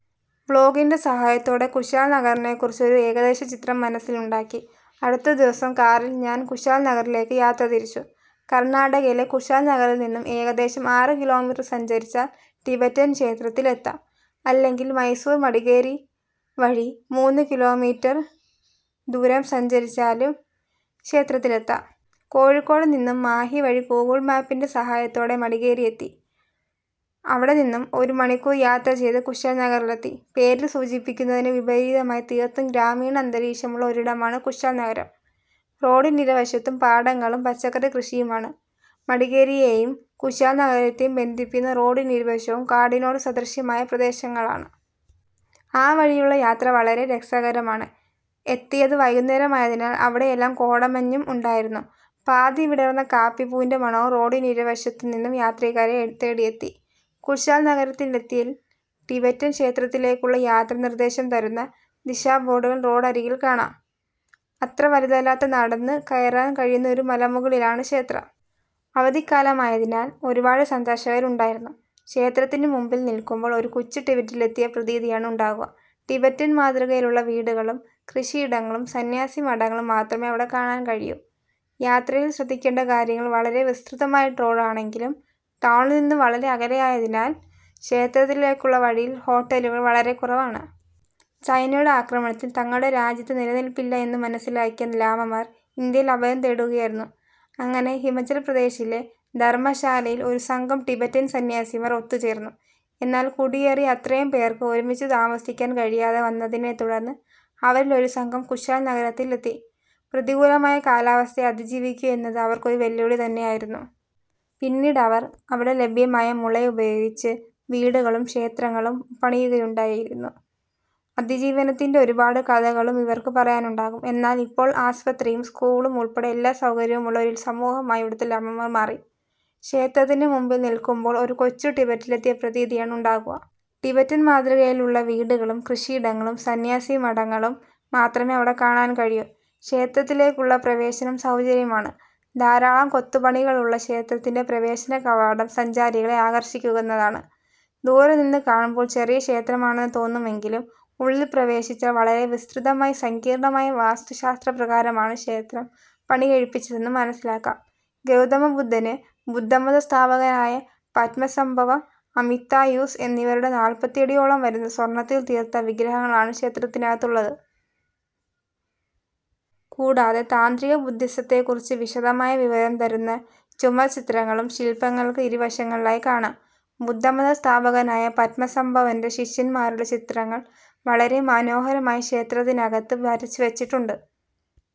ബ്ലോഗിന്റെ സഹായത്തോടെ കുശാല് നഗറിനെക്കുറിച്ച് ഒരു ഏകദേശ ചിത്രം മനസ്സില് ഉണ്ടാക്കി. അടുത്ത ദിവസം കാറില് ഞാന് കുശാല്നഗറിലേക്ക് യാത്രതിരിച്ചു. കര്ണാടകയിലെ കുശാല് നഗറില് നിന്ന് ഏകദേശം ആറ് കിലോമീറ്റര് സഞ്ചരിച്ചാല് ടിബറ്റന് ക്ഷേത്രത്തില് എത്താം. അല്ലെങ്കില് മൈസൂര്മടിക്കേരി വഴി മൂന്ന് കിലോമീറ്റര് ദൂരം സഞ്ചരിച്ചാലും ക്ഷേത്രത്തിലെത്താം. കോഴിക്കോട് നിന്നും മാഹി വഴി ഗൂഗിള് മാപ്പിന്റെ സഹായത്തോടെ മടിക്കേരി എത്തി. അവിടെ നിന്നും ഒരു മണിക്കൂര് യാത്ര ചെയ്ത് കുശാല് നഗറിലെത്തി. പേര് സൂചിപ്പിക്കുന്നതിന് വിപരീതമായി തീര്ത്തും ഗ്രാമീണ അന്തരീക്ഷമുളള ഒരിടമാണ് കുശാല്നഗരം. റോഡിനിരുവശത്തും പാടങ്ങളും പച്ചക്കറി കൃഷിയുമാണ്. മടിക്കേരിയേയും കുശാല് നഗരത്തേയും ബന്ധിപ്പിക്കുന്ന റോഡിനിരുവശവും കാടിനോട് സദൃശ്യമായ പ്രദേശങ്ങളാണ്. ആ വഴിയുളള യാത്ര വളരെ രസകരമാണ്. എത്തിയത് വൈകുേന്നരമായതിനാല് അവിടെയെല്ലാം കോടമഞ്ഞും ഉണ്ടായിരുന്നു. പാതി വിടര്ന്ന കാപ്പിപ്പൂവിന്റെ മണവും റോഡിനിരുവശത്ത് നിന്നും യാത്രികരെ തേടിയെത്തി. കുശാല് നഗരത്തിലെത്തിയാല് ടിബറ്റന് ക്ഷേത്രത്തിലേക്കുളള യാത്രാനിര്ദേശം തരുന്ന ദിശാബോര്ഡുകള് റോഡരികില് കാണാം. അത്ര വലുതല്ലാത്ത നടന്ന് കയറാന് കഴിയുന്ന ഒരു മലമുകളിലാണ് ക്ഷേത്രം. അവധിക്കാലമായതിനാല് ഒരുപാട് സന്ദര്ശകര് ഉണ്ടായിരുന്നു. ക്ഷേത്രത്തിനു മുമ്പില് നില്ക്കുമ്പോള് ഒരു കൊച്ചു ടിബറ്റിലെത്തിയ പ്രതീതിയാണ് ഉണ്ടാകുക. ടിബറ്റന് മാതൃകയിലുളള വീടുകളും കൃഷിയിടങ്ങളും സന്യാസിമഠങ്ങളും മാത്രമേ അവിടെ കാണാന് കഴിയൂ. യാത്രയില് ശ്രദ്ധിക്കേണ്ട കാര്യങ്ങള് വളരെ വിസ്തൃതമായ റോഡാണെങ്കിലും ടൗണില് നിന്നും വളരെ അകലെയായതിനാല് ക്ഷേത്രത്തിലേക്കുളള വഴിയില് ഹോട്ടലുകള് വളരെക്കുറവാണ്. ചൈനയുടെ ആക്രമണത്തില് തങ്ങളുടെ രാജ്യത്ത് നിലനില്പ്പില്ല എന്നു മനസ്സിലാക്കിയ ലാമമാര് ഇന്ത്യയിൽ അഭയം തേടുകയായിരുന്നു. അങ്ങനെ ഹിമാചല്പ്രദേശിലെ ധര്മ്മശാലയില് ഒരു സംഘം ടിബറ്റന് സന്യാസിമാര് ഒത്തുചേര്ന്നു. എന്നാല് കുടിയേറിയ അത്രയും പേര്ക്ക് ഒരുമിച്ച് താമസിക്കാന് കഴിയാതെ വന്നതിനെത്തുടര്ന്ന് അവരില് ഒരു സംഘം കുശാല്നഗരത്തിലെത്തി. പ്രതികൂലമായ കാലാവസ്ഥയെ അതിജീവിക്കുകയെന്നത് അവര്ക്കൊരു വെല്ലുവിളി തന്നെയായിരുന്നു. പിന്നീടവര് അവിടെ ലഭ്യമായ മുള ഉപയോഗിച്ച് വീടുകളും ക്ഷേത്രങ്ങളും പണിയുകയായിരുന്നു. അതിജീവനത്തിന്റെ ഒരു പാട് കഥകളും ഇവര്ക്ക് പറയാനുണ്ടാകും. എന്നാല് ഇപ്പോള് ആസ്പത്രിയും സ്കൂളും ഉള്പ്പെടെ എല്ലാ സൗകര്യവുമുളള ഒരു സമൂഹമായി ഇവിടുത്തെ ലാമമാര് മാറി. ക്ഷേത്രത്തിനു മുമ്പില് നില്ക്കുമ്പോള് ഒരു കൊച്ചു ടിബറ്റിലെത്തിയ പ്രതീതിയാണ് ഉണ്ടാകുക. ടിബറ്റന് മാതൃകയിലുളള വീടുകളും, കൃഷിയിടങ്ങളും, സന്യാസിമഠങ്ങളും മാത്രമേ അവിടെ കാണാന് കഴിയൂ. ക്ഷേത്രത്തിലേക്കുള്ള പ്രവേശനം സൗജന്യമാണ്. ധാരാളം കൊത്തുപണികളുളള ക്ഷേത്രത്തിന്റെ പ്രവേശനകവാടം സഞ്ചാരികളെ ആകര്ഷിക്കുതാണ്. ദൂരെ നി്ന്ന് കാണുമ്പോള് ചെറിയ ക്ഷേത്രമാണെന്നു തോന്നുമെങ്കിലും ഉള്ളില് പ്രവേശിച്ചാല് വളരെ വിസ്തൃതമായി സങ്കീര്ണ്ണമായ വാസ്തുശാസ്ത്രപ്രകാരമാണ് ക്ഷേത്രം പണിക്കഴിപ്പിച്ചതെന്ന് മനസ്സിലാക്കാം. ഗൗതമ ബുദ്ധന്, ബുദ്ധമത സ്ഥാപകനായ പദ്മസംഭവ, അമിത്തായൂസ് എന്നിവരുടെ നാല്പ്പത്തിടിയോളം വരുന്ന സ്വര്ണ്ണത്തില് തീര്ത്ത വിഗ്രഹങ്ങളാണ് ക്ഷേത്രത്തിനകത്ത് ഉളളത്. കൂടാതെ താന്ത്രിക ബുദ്ധിസത്തെക്കുറിച്ച് വിശദമായ വിവരം തരുന്ന ചുമര്ച്ചിത്രങ്ങളും ശില്പ്പങ്ങള്ക്ക് ഇരുവശങ്ങളിലായി കാണാം. ബുദ്ധമത സ്ഥാപകനായ പദ്മസംഭവന്റെ ശിഷ്യന്മാരുടെ ചിത്രങ്ങള് വളരെ മനോഹരമായി ക്ഷേത്രത്തിനകത്ത് വരച്ചുവെച്ചിട്ടുണ്ട്.